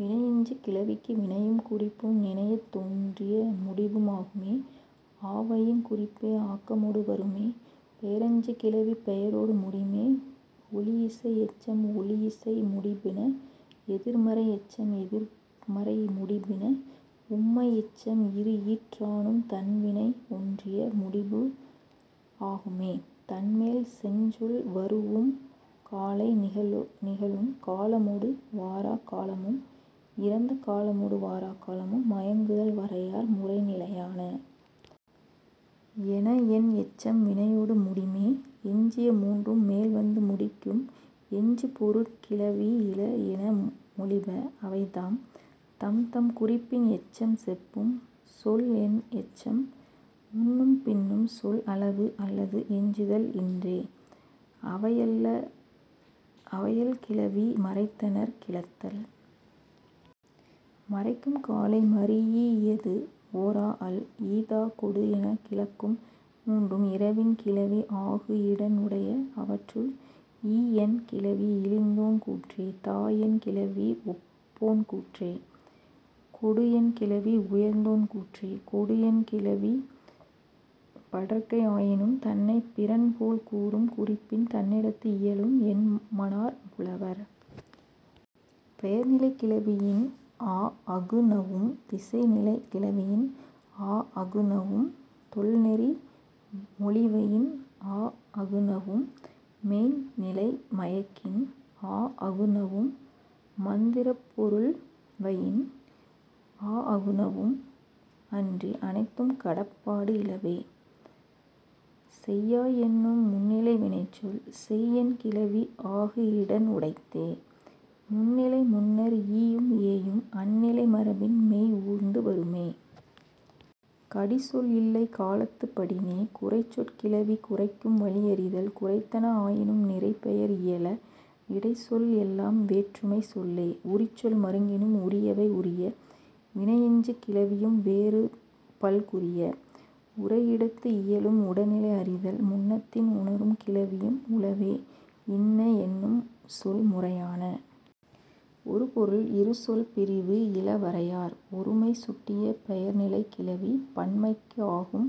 வினையெஞ்சுகிளவிக்கு வினையும் குறிப்பும் நினையத் தோன்றிய முடிபு ஆகும்மே ஆவயின் குறிப்பே ஆக்கமொடு வருமே. பெயரெஞ்சுகிளவி பெயரொடு முடிமே. ஒழியிசை எச்சம் ஒழியிசை முடிபின. எதிர்மறை எச்சம் எதிர்மறை முடிபின. உம்மை எச்சம் இரு ஈற்றானும் தன் வினை ஒன்றிய முடிபு ஆகும்மே. தன்மேல் செஞ்சொல் வரூஉம் காலை நிகழும் காலமொடு வாராக் காலமும் இறந்த காலமொடு வாராக் காலமும் மயங்குதல் வரையார் முறைநிலையான. என என் எச்சம் வினையொடு முடிமே. எஞ்சிய மூன்றும் மேல் வந்து முடிக்கும் எஞ்சு பொருட் கிளவி இல என மொழிப. அவைதாம், தம்தம் குறிப்பின் எச்சம் செப்பும். சொல் என் எச்சம் முன்னும் பின்னும் சொல் அளவு அல்லது எஞ்சுதல் இன்றே. அவையல் கிளவி மறைத்தனர் கிளத்தல். மறைக்கும் காலை மரீஇயது ஒராஅல். ஈ தா கொடு எனக் கிளக்கும் மூன்றும் இரவின் கிளவி ஆகு இடன் உடைய. அவற்றுள், ஈ என் கிளவி இழிந்தோன் கூற்றே. தா என் கிளவி ஒப்போன் கூற்றே. கொடு என் கிளவி உயர்ந்தோன் கூற்றே. கொடு என் கிளவி படர்க்கை ஆயினும் தன்னைப் பிறன் போல் கூறும் குறிப்பின் தன்னிடத்து இயலும் என்மனார் புலவர். பெயர்நிலைக் கிளவியின் ஆஅகுநவும் திசைநிலை கிளவியின் ஆஅகுநவும் தொல் நெறி மொழிவயின் ஆஅகுநவும் மெய்ந் நிலை மயக்கின் ஆஅகுநவும் மந்திரப் பொருள்வயின் ஆஅகுநவும் அன்றி அனைத்தும் கடப்பாடு இலவே. செய்யாய் என்னும் முன்னிலை வினைச்சொல் செய் என் கிளவி ஆகு இடன் உடைத்தே. முன்னிலை முன்னர் ஈயும் ஏயும் அந் நிலை மர. கடி சொல் இல்லை காலத்துப் படினே. குறைச்சொற் கிளவி குறைக்கும் வழி அறிதல். குறைத்தன ஆயினும் நிறைப் பெயர் இயல. இடைச்சொல் எல்லாம் வேற்றுமைச் சொல்லே. உரிச்சொல் மருங்கினும் உரியவை உரிய. வினையெஞ்சுகிளவியும் வேறு பல் குறிய. உரையிடத்து இயலும் உடனிலை அறிதல். முன்னத்தின் உணரும் கிளவியும் உளவே இன்ன என்னும் சொல் முறையான. ஒரு பொருள் இரு சொல் பிரிவு இல வரையார். ஒருமை சுட்டிய பெயர் நிலைக் கிளவி பன்மைக்கு ஆகும்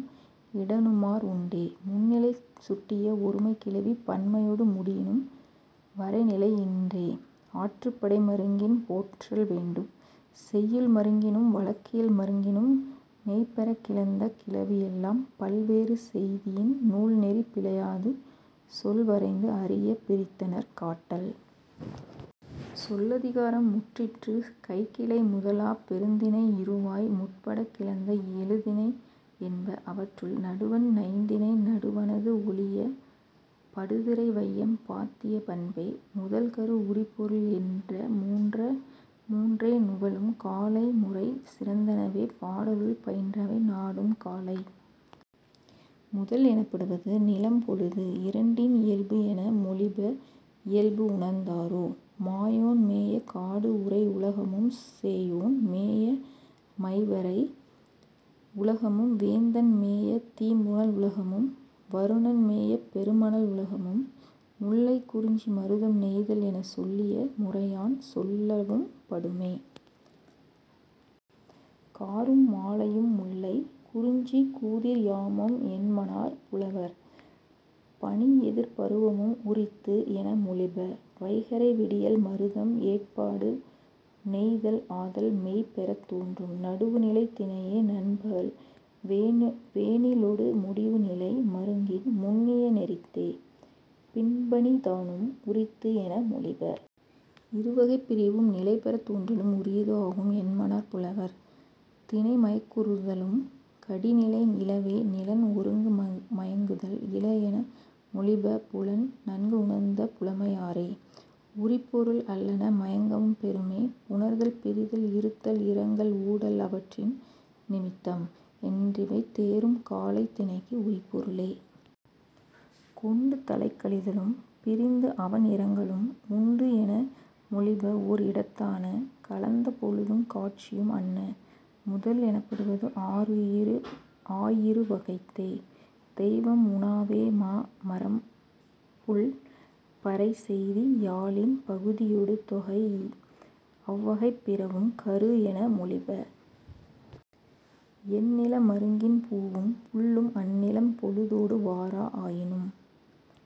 இடனுமார் உண்டே. முன்னிலை சுட்டிய ஒருமைக் கிளவி பன்மையொடு முடியினும் வரை நிலை இன்றே ஆற்றுப்படை மருங்கின் போற்றல் வேண்டும். செய்யுள் மருங்கினும் வழக்கியல் மருங்கினும் மெய் பெறக் கிளந்த கிளவி எல்லாம் பல் வேறு செய்தியின் நூல் நெறி பிழையாது சொல் வரைந்து அறிய பிரித்தனர் காட்டல். சொல்லதிகாரம் முற்றிற்று கைக்கிளை முதலாப் பெருந்திணை இறுவாய் முற்படக் கிளந்த எழு திணை என்ப. அவற்றுள், நடுவண் ஐந்திணை நடுவணது ஒழிய படு திரை வையம் பாத்திய பண்பே. முதல் கரு உரிப்பொருள் என்ற மூன்றே நுவலும் காலை முறை சிறந்தனவே பாடலுள் பயின்றவை நாடும் காலை. முதல் எனப்படுவது நிலம் பொழுது இரண்டின் இயல்பு என மொழிப இயல்பு உணர்ந்தோரே. மாயோன் மேய காடு உறை உலகமும் சேயோன் மேய மை வரை உலகமும் வேந்தன் மேய தீம் புனல் உலகமும் வருணன் மேய பெரு மணல் உலகமும் முல்லை குறிஞ்சி மருதம் நெய்தல் எனச் சொல்லிய முறையான் சொல்லவும் படுமே. காரும் மாலையும் முல்லை. குறிஞ்சி, கூதிர் யாமம் என்மனார் புலவர். பனி எதிர் பருவமும் உரித்து என மொழிப. வைகறை விடியல் மருதம். எற்பாடு, நெய்தல் ஆதல் மெய் பெறத் தோன்றும். நடுவுநிலைத் திணையே நண்பகல் வேனிலொடு முடிவு நிலை மருங்கின் முன்னிய நெறித்தே. பின்பனிதானும் உரித்து என மொழிப. இரு வகைப் பிரிவும் நிலை பெறத் தோன்றலும் உரியது ஆகும் என்மனார் புலவர். திணை மயக்குறுதலும் கடி நிலை இலவே நிலன் ஒருங்கு மயங்குதல் இல என மொழிப புலன் நன்கு உணர்ந்த புலமையாரே. உரிப்பொருள் அல்லன மயங்கவும் பெறுமே. புணர்தல் பிரிதல் இருத்தல் இரங்கல் ஊடல் அவற்றின் நிமித்தம் என்றிவை தேரும் காலை திணைக்கு உரிப்பொருளே. கொண்டு தலைக்கழிதலும் பிரிந்து அவண் இரங்கலும் உண்டு என மொழிப ஓர் இடத்தான. கலந்த பொழுதும் காட்சியும் அன்ன. முதல் எனப்படுவது ஆயிரு வகைத்தே. தெய்வம் உணாவே மா மரம் புள் பறை செய்தி யாழின் பகுதியொடு தொகைஇ அவ் வகை பிறவும் கரு என மொழிப. எந் நில மருங்கின் பூவும் புள்ளும் அந் நிலம் பொழுதொடு வாரா ஆயினும்।